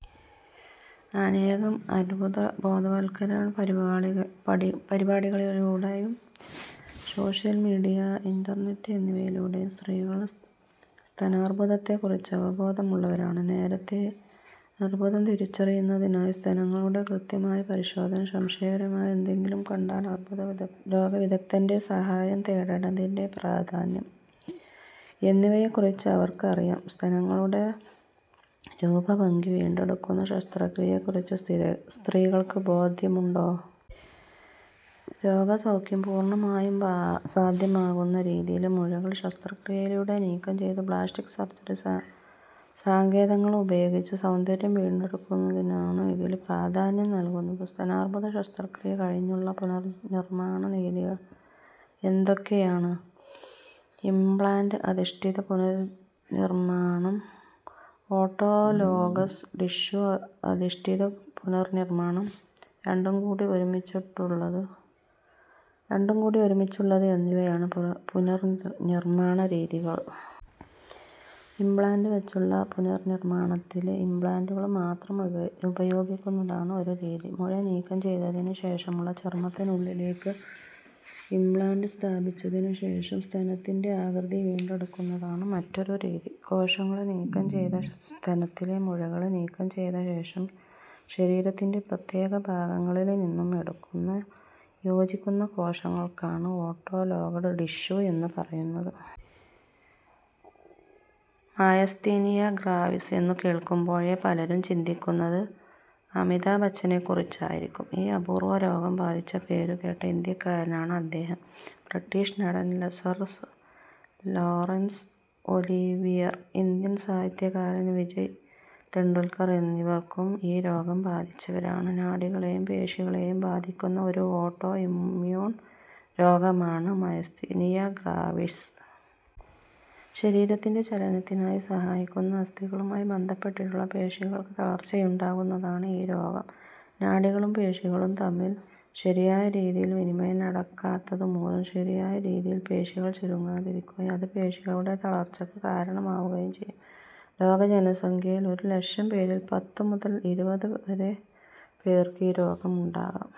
അനേകം അർബുദ ബോധവത്കരണ പരിപാടികളിലൂടെയും സോഷ്യല് മീഡിയ, ഇന്റര്നെറ്റ് എന്നിവ യിലൂടെയും സ്ത്രീകള് സ്തനാര്ബുദത്തേക്കുറിച്ച് അവബോധമുള്ളവരാണ്. നേരത്തെ അർബുദം തിരിച്ചറിയുന്നതിനായി സ്തനങ്ങളുടെ കൃത്യമായി പരിശോധന, സംശയകരമായി എന്തെങ്കിലും കണ്ടാല് അർബുദരോഗവിദഗ്ദ്ധന്റെ സഹായം തേടേണ്ടതിന്റെ പ്രാധാന്യം എന്നിവയെക്കുറിച്ച് അവർക്ക് അറിയാം. സ്തനങ്ങളുടെ രൂപഭംഗി വീണ്ടെടുക്കുന്ന ശസ്ത്രക്രിയ യേക്കുറിച്ച് സ്ത്രീകള്ക്ക് ബോധ്യമുണ്ടോ. രോഗസൗഖ്യം പൂർണമായും സാധ്യമാകുന്ന രീതിയില് മുഴകള് ശസ്ത്രക്രിയയിലൂടെ നീക്കം ചെയ്ത് പ്ലാസ്റ്റിക് സർജറി സങ്കേതങ്ങള് ഉപയോഗിച്ച് സൗന്ദര്യം വീണ്ടെടുക്കുന്നതിനാണ് ഇതില് പ്രാധാന്യം നല്കുന്നത്. സ്തനാര്ബുദ ശസ്ത്രകിയ കഴിഞ്ഞുള്ള പുനർനിർമ്മാണ രീതികള് എന്തൊക്കെയാണ്. ഇംപ്ലാന്റ് അധിഷ്ഠിത പുനർനിർമ്മാണം, ഓട്ടോലോഗസ് ടിഷ്യു അധിഷ്ഠിത പുനർനിർമ്മാണം, രണ്ടുംകൂടി ഒരുമിച്ചുള്ളത് എന്നിവയാണ് പുനർനിർമ്മാണ രീതികള്. ഇംപ്ലാന്റ് വച്ചുള്ള പുനർനിർമ്മാണത്തില് ഇംപ്ലാന്റുകള് മാത്രം ഉപയോഗിക്കുന്നതാണ് ഒരുരീതി. മുഴ നീക്കം ചെയ്തതിന് ശേഷമുള്ള ചര്മ്മത്തിനുള്ളിലേയ്ക്ക് ഇംപ്ലാന്റ് സ്ഥാപിച്ചതിനുശേഷം സ്തനത്തിന്റെ വീണ്ടെടുക്കുന്നതാണ് മറ്റൊരു രീതി. കോശങ്ങള് നീക്കം ചെയ്ത സ്തനത്തിലെ മുഴകള് നീക്കം ചെയ്തശേഷം ശരീരത്തിന്റെ പ്രത്യേക ഭാഗങ്ങളില്നിന്നും എടുക്കുന്ന യോജിക്കുന്ന കോശങ്ങള്ക്കാണ് ഓട്ടോലോഗസ് ടിഷ്യു എന്നു പറയുന്നത്. മയസ്തീനിയ ഗ്രാവിസ് എന്നു കേൾക്കുമ്പോഴേ പലരും ചിന്തിക്കുന്നത് അമിതാഭ് ബച്ചനെക്കുറിച്ചായിരിക്കും. ഈ അപൂർവ രോഗം ബാധിച്ച പേരുകേട്ട ഇന്ത്യക്കാരനാണ് അദ്ദേഹം. ബ്രിട്ടീഷ് നടൻ സർ ലോറൻസ് ഒലീവിയർ, ഇന്ത്യൻ സാഹിത്യകാരൻ വിജയ് തെൻഡുൽക്കർ എന്നിവരും ഈ രോഗം ബാധിച്ചവരാണ്. നാഡികളെയും പേശികളെയും ബാധിക്കുന്ന ഒരു ഓട്ടോ ഇമ്യൂൺ രോഗമാണ് മയസ്തീനിയ ഗ്രാവിസ്. ശരീരത്തിന്റെ ചലനത്തിനായി സഹായിക്കുന്ന അസ്ഥികളുമായി ബന്ധപ്പെട്ടിട്ടുള്ള പേശികൾക്ക് തളർച്ചയുണ്ടാക്കുന്നതാണ് ഈ രോഗം. നാഡികളും പേശികളും തമ്മിൽ ശരിയായ രീതിയിൽ വിനിമയം നടക്കാത്തതുമൂലം ശരിയായ രീതിയിൽ പേശികൾ ചുരുങ്ങാതിരിക്കുകയും അത് പേശികളുടെ തളർച്ചയ്ക്ക് കാരണമാവുകയും ചെയ്യും. ലോക ജനസംഖ്യയിൽ ഒരുലക്ഷം പേരിൽ പത്തു മുതൽ ഇരുപതു വരെ പേർക്ക് ഈ രോഗമുണ്ടാകാം.